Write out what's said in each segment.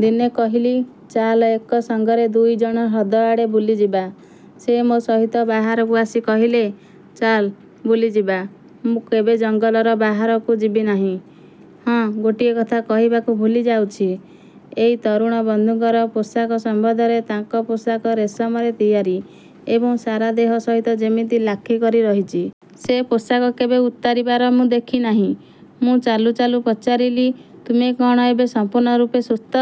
ଦିନେ କହିଲି, ''ଚାଲ ଏକ ସଙ୍ଗରେ ଦୁଇ ଜଣ ହ୍ରଦଆଡ଼େ ବୁଲିଯିବା। ସେ ମୋ ସହିତ ବାହାରକୁ ଆସି କହିଲେ, ''ଚାଲ, ବୁଲିଯିବା। ମୁଁ କେବେ ଜଙ୍ଗଲର ବାହାରକୁ ଯିବି ନାହିଁ। '' ହଁ ଗୋଟିଏ କଥା କହିବାକୁ ଭୁଲିଯାଉଛି, ଏଇ ତରୁଣ ବନ୍ଧୁଙ୍କର ପୋଷାକ ସମ୍ବନ୍ଧରେ-ତାଙ୍କ ପୋଷାକ ରେଶମରେ ତିଆରି ଏବଂ ସାରା ଦେହ ସହିତ ଯେମିତି ଲାଖିକରି ରହିଛି। ସେ ପୋଷାକ କେବେ ଉତାରିବାର ମୁଁ ଦେଖି ନାହିଁ। ମୁଁ ଚାଲୁ ଚାଲୁ ପଚାରିଲି, ''ତୁମେ କ'ଣ ଏବେ ସମ୍ପୂର୍ଣ୍ଣ ରୂପେ ସୁସ୍ଥ?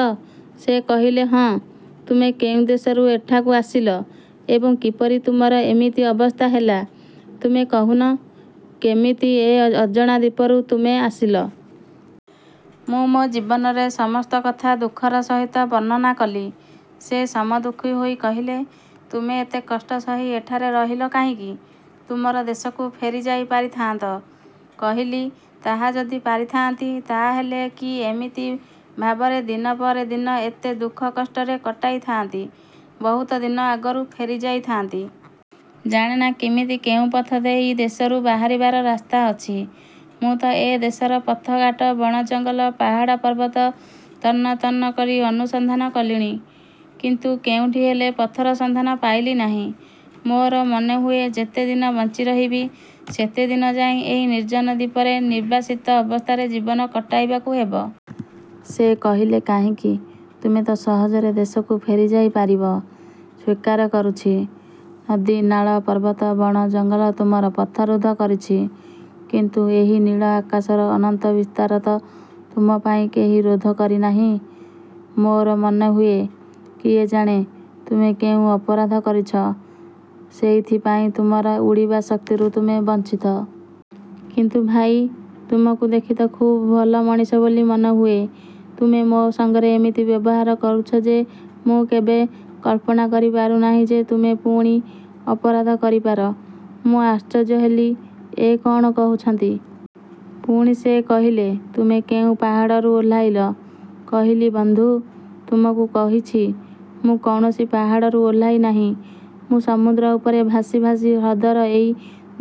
ସେ କହିଲେ, ''ହଁ। '' ''ତୁମେ କେଉଁ ଦେଶରୁ ଏଠାକୁ ଆସିଲ ଏବଂ କିପରି ତୁମର ଏମିତି ଅବସ୍ଥା ହେଲା? '' ''ତୁମେ କହୁନ, କେମିତି ଏ ଅଜଣା ଦ୍ୱୀପକୁ ତୁମେ ଆସିଲ? '' ମୁଁ ମୋ ଜୀବନର ସମସ୍ତ କଥା ଦୁଃଖର ସହିତ ବର୍ଣ୍ଣନା କଲି। ସେ ସମଦୁଃଖୀ ହୋଇ କହିଲେ, ''ତୁମେ ଏତେ କଷ୍ଟ ସହି ଏଠାରେ ରହିଲ କାହିଁକି? ତୁମର ଦେଶକୁ ଫେରି ଯାଇପାରିଥାଆନ୍ତ! '' କହିଲି, ''ତାହା ଯଦି ପାରିଥାନ୍ତି, ତାହାହେଲେ କି ଏମିତି ଭାବରେ ଦିନ ପରେ ଦିନ ଏତେ ଦୁଃଖ କଷ୍ଟରେ କଟାଇଥାନ୍ତି, ବହୁତ ଦିନ ଆଗରୁ ଫେରିଯାଇଥାନ୍ତି। ଜାଣେନା କେମିତି କେଉଁ ପଥ ଦେଇ ଏ ଦେଶରୁ ବାହାରିବାର ରାସ୍ତା ଅଛି। ମୁଁ ତ ଏ ଦେଶର ପଥଘାଟ, ବଣ ଜଙ୍ଗଲ, ପାହାଡ଼ ପର୍ବତ ତନ୍ନ ତନ୍ନ କରି ଅନୁସନ୍ଧାନ କଲିଣି; କିନ୍ତୁ କେଉଁଠି ହେଲେ ପଥର ସନ୍ଧାନ ପାଇଲି ନାହିଁ। ମୋର ମନେହୁଏ, ଯେତେଦିନ ବଞ୍ଚି ରହିବି; ସେତେଦିନଯାଏ ଏଇ ନିର୍ଜନ ଦ୍ୱୀପରେ ନିର୍ବାସିତ ଅବସ୍ଥାରେ ଜୀବନ କଟାଇବାକୁ ହେବ। '' ସେ କହିଲେ ''କାହିଁକି? ତୁମେ ତ ସହଜରେ ଦେଶକୁ ଫେରିଯାଇପାରିବ। ସ୍ୱୀକାର କରୁଛି,-ନଦୀ, ନାଳ, ପର୍ବତ, ବଣ, ଜଙ୍ଗଲ ତୁମର ପଥରୁଦ୍ଧ କରିଛି। କିନ୍ତୁ ଏହି ନୀଳ ଆକାଶର ଅନନ୍ତ ବିସ୍ତାର ତ ତୁମପାଇଁ କେହି ରୋଧ କରିନାହିଁ। ମୋର ମନେହୁଏ, କିଏ ଜାଣେ ତୁମେ କେଉଁ ଅପରାଧ କରିଛ, ସେଇଥିପାଇଁ ତୁମର ଉଡ଼ିବା ଶକ୍ତିରୁ ତୁମେ ବଞ୍ଚିତ। କିନ୍ତୁ ଭାଇ, ତୁମକୁ ଦେଖି ତ ଖୁବ୍ ଭଲ ମଣିଷ ବୋଲି ମନେହୁଏ, ତୁମେ ମୋ ସଙ୍ଗରେ ଏମିତି ବ୍ୟବହାର କରୁଛ ଯେ ମୁଁ କେବେ। କଳ୍ପନା କରିପାରୁ ନାହିଁ ଯେ ତୁମେ ପୁଣି ଅପରାଧ କରିପାର। ମୁଁ ଆଶ୍ଚର୍ଯ୍ୟ ହେଲି, ଏ କ'ଣ କହୁଛନ୍ତି! ପୁଣି ସେ କହିଲେ, ''ତୁମେ କେଉଁ ପାହାଡ଼ରୁ ଓହ୍ଲାଇଲ? '' କହିଲି ''ବନ୍ଧୁ! ତୁମକୁ କହିଛି, ମୁଁ କୌଣସି ପାହାଡ଼ରୁ ଓହ୍ଲାଇ ନାହିଁ। ମୁଁ ସମୁଦ୍ର ଉପରେ ଭାସି ଭାସି ହ୍ରଦର ଏଇ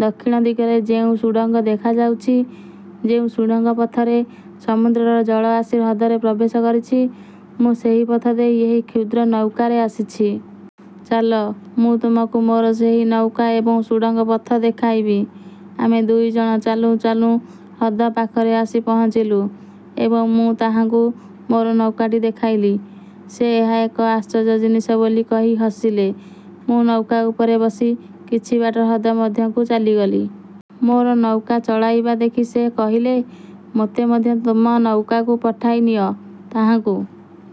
ଦକ୍ଷିଣ ଦିଗରେ ଯେଉଁ ସୁଡ଼ଙ୍ଗ ଦେଖାଯାଉଛି, ଯେଉଁ ସୁଡ଼ଙ୍ଗ ପଥରେ ସମୁଦ୍ରର ଜଳ ଆସି ହ୍ରଦରେ ପ୍ରବେଶ କରିଛି, ମୁଁ ସେହି ପଥ ଦେଇ ଏହି କ୍ଷୁଦ୍ର ନୌକାରେ ଆସିଛି। ଚାଲ, ମୁଁ ତୁମକୁ ମୋର ସେହି ନୌକା ଏବଂ ସୁଡ଼ଙ୍ଗ ପଥ ଦେଖାଇବି। ଆମେ ଦୁଇଜଣ ଚାଲୁଁ ଚାଲୁଁ ହ୍ରଦ ପାଖରେ ଆସି ପହଞ୍ଚିଲୁ ଏବଂ ମୁଁ ତାହାଙ୍କୁ ମୋର ନୌକାଟି ଦେଖାଇଲି। ସେ ଏହା ଏକ ଆଶ୍ଚର୍ଯ୍ୟ ଜିନିଷ ବୋଲି କହି ହସିଲେ। ମୁଁ ନୌକା ଉପରେ ବସି କିଛିବାଟ ହ୍ରଦ ମଧ୍ୟକୁ ଚାଲିଗଲି। ମୋର ନୌକା ଚଳାଇବା ଦେଖି ସେ କହିଲେ, ''ମୋତେ ମଧ୍ୟ ତୁମ ନୌକାକୁ ଉଠାଇନିଅ। '' ତାହାଙ୍କୁ